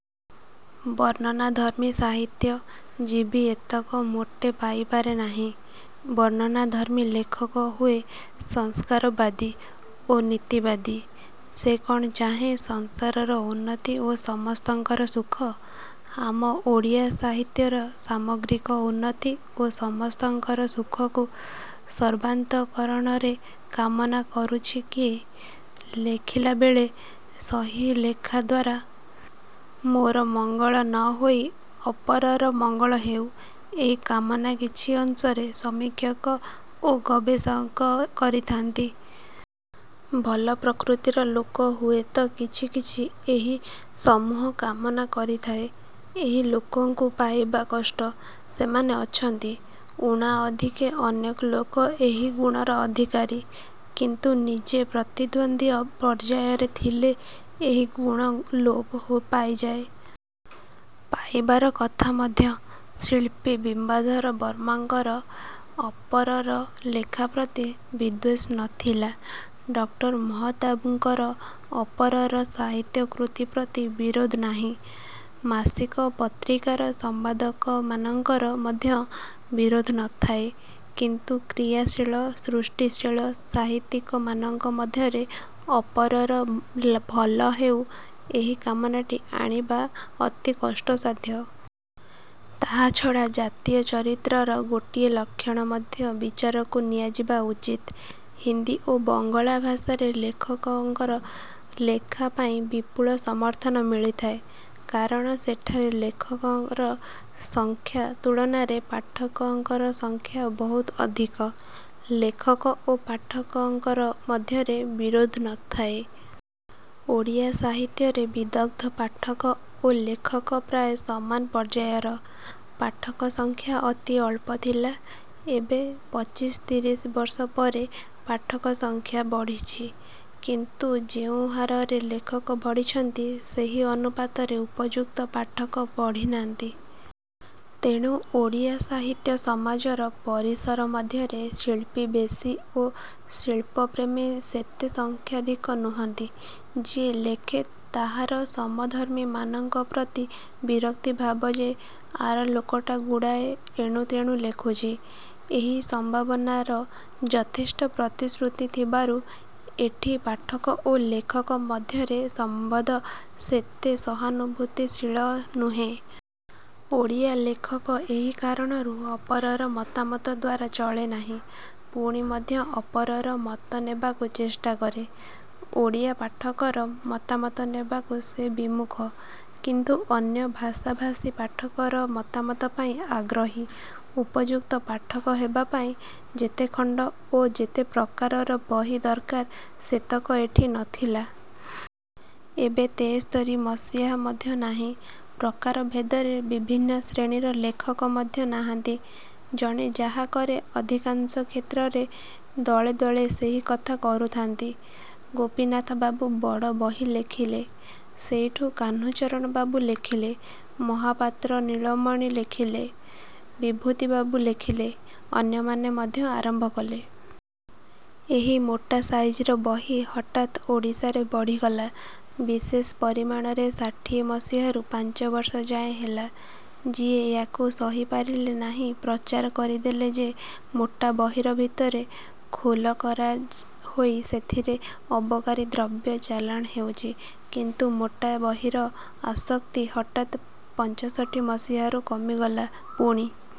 ବର୍ଣ୍ଣନାଧର୍ମ୍ମୀ ସାହିତ୍ୟ-ଜୀବୀ ଏତକ ମୋଟେ ପାଇପାରେ ନାହିଁ। ବର୍ଣ୍ଣନାଧର୍ମ୍ମୀ ଲେଖକ ହୁଏ ସଂସ୍କାରବାଦୀ ଓ ନୀତିବାଦୀ। ସେ କ'ଣ ଚାହେଁ ସଂସାରର ଉନ୍ନତି ଓ ସମସ୍ତଙ୍କର ସୁଖ? ଆମ ଓଡ଼ିଆ ସାହିତ୍ୟରେ ସାମଗ୍ରିକ ଉନ୍ନତି ଓ ସମସ୍ତଙ୍କର ସୁଖକୁ ସର୍ବାନ୍ତଃକରଣରେ କାମନା କରୁଛି କିଏ? ଲେଖିଲାବେଳେ ସହି ଲେଖା ଦ୍ୱାରା ମୋର ମଙ୍ଗଳ ନ ହୋଇ ଅପରର ମଙ୍ଗଳ ହେଉ-ଏହି କାମନା କିଛି ଅଂଶରେ ସମୀକ୍ଷକ ଓ ଗବେଶକ କରିଥାନ୍ତି। ଭଲ ପ୍ରକୃତିର ଲୋକ ହୁଏ ତ କିଛି କିଛି ଏହି ସମୁହ କାମନା କରିଥାଏ। ଏହି ଲୋକଙ୍କୁ ପାଇବା କଷ୍ଟ। ସେମାନେ ଅଛନ୍ତି। ଊଣା ଅଧିକେ ଅନେକ ଲୋକ ଏହି ଗୁଣର ଅଧିକାରୀ। କିନ୍ତୁ ନିଜେ ପ୍ରତିଦ୍ୱନ୍ଦୀ ପର୍ଯ୍ୟାୟରେ ଥିଲେ ଏହି ଗୁଣ ଲୋପ ପାଇଯାଏ। -ପାଇବାର କଥା ମଧ୍ୟ। ଶିଳ୍ପୀ ବିମ୍ବାଧର ବର୍ମାଙ୍କର ଅପରର ଲେଖା ପ୍ରତି ବିଦ୍ୱେଷ ନ ଥିଲା। ଡକ୍ଟର ମହତାବଙ୍କର ଅପରର ସାହିତ୍ୟ କୃତି ପ୍ରତି ବିରୋଧ ନାହିଁ। ମାସିକ ପତ୍ରିକାର ସମ୍ପାଦକମାନଙ୍କର ମଧ୍ୟ ବିରୋଧ ନ ଥାଏ। କିନ୍ତୁ କ୍ରିୟାଶୀଳ, ସୃଷ୍ଟିଶୀଳ ସାହିତ୍ୟିକମାନଙ୍କ ମଧ୍ୟରେ ଅପରର ଭଲ ହେଉ-ଏହି କାମନାଟି ଆଣିବା ଅତି କଷ୍ଟସାଧ୍ୟ। ତାହାଛଡ଼ା ଜାତୀୟ ଚରିତ୍ରର ଗୋଟିଏ ଲକ୍ଷଣ ମଧ୍ୟ ବିଚାରକୁ ନିଆଯିବା ଉଚିତ୍। ହିନ୍ଦି ଓ ବଙ୍ଗଳା ଭାଷାରେ ଲେଖକଙ୍କର ଲେଖା ପାଇଁ ବିପୁଳ ସମର୍ଥନ ମିଳିଥାଏ। କାରଣ ସେଠାରେ ଲେଖକର ସଂଖ୍ୟା ତୁଳନାରେ ପାଠକଙ୍କର ସଂଖ୍ୟା ବହୁତ ଅଧିକ। ଲେଖକ ଓ ପାଠକଙ୍କର ମଧ୍ୟରେ ବିରୋଧ ନ ଥାଏ। ଓଡ଼ିଆ ସାହିତ୍ୟରେ ବିଦଗ୍ଧ ପାଠକ ଓ ଲେଖକ ପ୍ରାୟ ସମାନ ପର୍ଯ୍ୟାୟର। ପାଠକ ସଂଖ୍ୟା ଅତି ଅଳ୍ପ ଥିଲା। ଏବେ ପଚିଶି ତିରିଶି ବର୍ଷ ପରେ ପାଠକ ସଂଖ୍ୟା। ବଢ଼ିଛି। କିନ୍ତୁ ଯେଉଁ ହାରରେ ଲେଖକ ବଢ଼ିଛନ୍ତି ସେହି ଅନୁପାତରେ ଉପଯୁକ୍ତ ପାଠକ ବଢ଼ି ନାହାନ୍ତି। ତେଣୁ ଓଡ଼ିଆ ସାହିତ୍ୟ ସମାଜର ପରିସର ମଧ୍ୟରେ ଶିଳ୍ପୀ ବେଶି ଓ ଶିଳ୍ପପ୍ରେମୀ ସେତେ ସଂଖ୍ୟାଧିକ ନୁହନ୍ତି। ଯିଏ, ଲେଖେ, ତାହାର ସମଧର୍ମୀମାନଙ୍କ ପ୍ରତି ବିରକ୍ତି ଭାବ ଯେ, ଆର ଲୋକଟା ଗୁଡ଼ାଏ ଏଣୁତେଣୁ ଲେଖୁଛି। ଏହି ସମ୍ଭାବନାର ଯଥେଷ୍ଟ ପ୍ରତିଶୃତି ଥିବାରୁ ଏଠି ପାଠକ ଓ ଲେଖକ ମଧ୍ୟରେ ସମ୍ବନ୍ଧ ସେତେ ସହାନୁଭୂତିଶୀଳ ନୁହେଁ। ଓଡ଼ିଆ ଲେଖକ ଏହି କାରଣରୁ ଅପରର ମତାମତ ଦ୍ୱାରା ଚଳେ ନାହିଁ। ପୁଣି ମଧ୍ୟ ଅପରର ମତ ନେବାକୁ ଚେଷ୍ଟା କରେ। ଓଡ଼ିଆ ପାଠକର ମତାମତ ନେବାକୁ ସେ ବିମୁଖ। କିନ୍ତୁ ଅନ୍ୟ ଭାଷାଭାଷୀ ପାଠକର ମତାମତ ପାଇଁ ଆଗ୍ରହୀ। ଉପଯୁକ୍ତ ପାଠକ ହେବା ପାଇଁ ଯେତେଖଣ୍ତ ଓ ଯେତେ ପ୍ରକାରର ବହି ଦରକାର ସେତକ ଏଠି ନଥିଲା। ଏବେ ତେସ୍ତରୀ ମସିହାରେ ମଧ୍ୟ ନାହିଁ। ପ୍ରକାରଭେଦରେ ବିଭିନ୍ନ ଶ୍ରେଣୀର ଲେଖକ ମଧ୍ୟ ନାହାନ୍ତି। ଜଣେ ଯାହା କରେ ଅଧିକାଂଶ କ୍ଷେତ୍ରରେ ଦଳେଦଳେ ସେହି କଥା କରୁଥାନ୍ତି। ଗୋପୀନାଥବାବୁ ବଡ଼ ବହି ଲେଖିଲେ। ସେଇଠୁ କାହ୍ନୁଚରଣବାବୁ ଲେଖିଲେ। ମହାପାତ୍ର ନୀଳମଣି ଲେଖିଲେ। ବିଭୁତିବାବୁ ଲେଖିଲେ। ଅନ୍ୟମାନେ ମଧ୍ୟ ଆରମ୍ଭ କଲେ। ଏହି ମୋଟା ସାଇଜର ବହି ହଠାତ୍ ଓଡ଼ିଶାରେ ବଢ଼ିଗଲା। ବିଶେଷ ପରିମାଣରେ ଷାଠିଏ ମସିହାରୁ ପାଞ୍ଚବର୍ଷ ଯାଏ ହେଲା। ଯିଏ ୟାକୁ ସହି ପାରିଲେ ନାହିଁ ପ୍ରଚାର କରିଦେଲେ ଯେ ମୋଟା ବହିର ଭିତରେ ଖୋଲ କରା ହୋଇ ସେଥିରେ ଅବକାରୀ ଦ୍ରବ୍ୟ ଚାଲାଣ ହେଉଛି। କିନ୍ତୁ ମୋଟା ବହିର ଆସକ୍ତି ହଠାତ୍ ପଞ୍ଚଷଠି ମସିହାରୁ କମିଗଲା। ପୁଣି